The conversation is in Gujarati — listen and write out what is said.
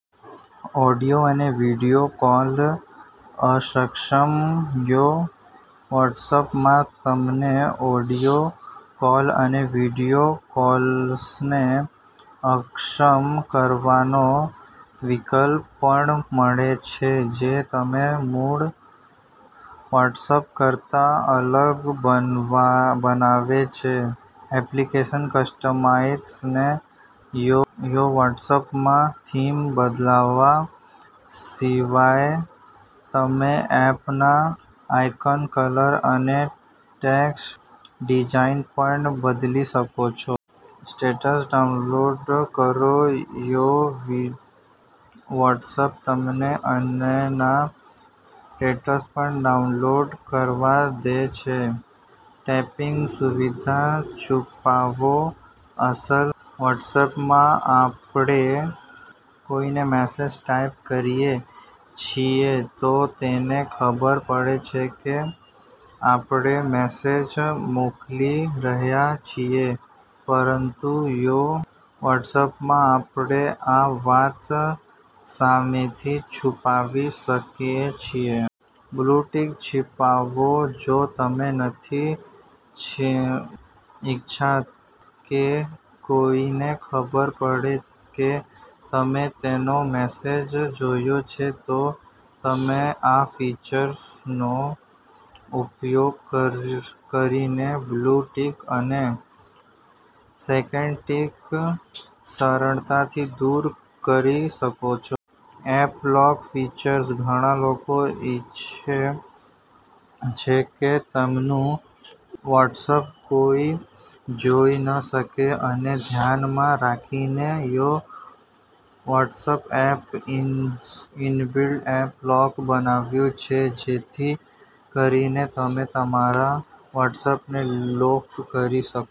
ઑડિયો અને વિડિયો કૉલ અક્ષમ – યો વોટ્સએપમાં, તમને ઓડિયો કૉલ્સ અને વિડિયો કૉલ્સને અક્ષમ કરવાનો વિકલ્પ પણ મળે છે, જે તેને મૂળ વૉટ્સએપ કરતાં અલગ બનાવે છે. એપ્લિકેશન કસ્ટમાઇઝેશન – યો વોટ્સએપમાં, થીમ બદલવા સિવાય, તમે એપના આઇકોન કલર અને ટેક્સ્ટ ડિઝાઇન પણ બદલી શકો છો. સ્ટેટસ ડાઉનલોડ કરો – યો વોટ્સએપ તમને અન્યના સ્ટેટસ પણ ડાઉનલોડ કરવા દે છે. ટાઇપિંગ સુવિધા છુપાવો – અસલ વોટ્સએપમાં આપણે કોઈને મેસેજ ટાઈપ કરીએ છીએ તો તેને ખબર પડે છે કે આપણે મેસેજ મોકલી રહ્યા છીએ, પરંતુ યો વોટ્સએપમાં આપણે આ વાત સામેથી છુપાવી શકીએ છીએ. બ્લુ ટિક છુપાવો – જો તમે નથી ઈચ્છતા કે કોઈને ખબર પડે કે તમે તેનો મેસેજ જોયો છે, તો તમે આ ફીચરનો ઉપયોગ કરીને બ્લુ ટિક અને સેકન્ડ ટિક સરળતાથી દૂર કરી શકો છો. એપ લોક ફીચર – ઘણા લોકો ઇચ્છે છે કે તેમનું વ્હોટ્સએપ કોઈ જોઈ ન શકે, આને ધ્યાનમાં રાખીને, યો વ્હોટ્સએપે ઇનબિલ્ટ એપ લોક બનાવ્યું છે જેથી કરીને તમે તમારા વ્હોટ્સએપને લોક કરી શકો.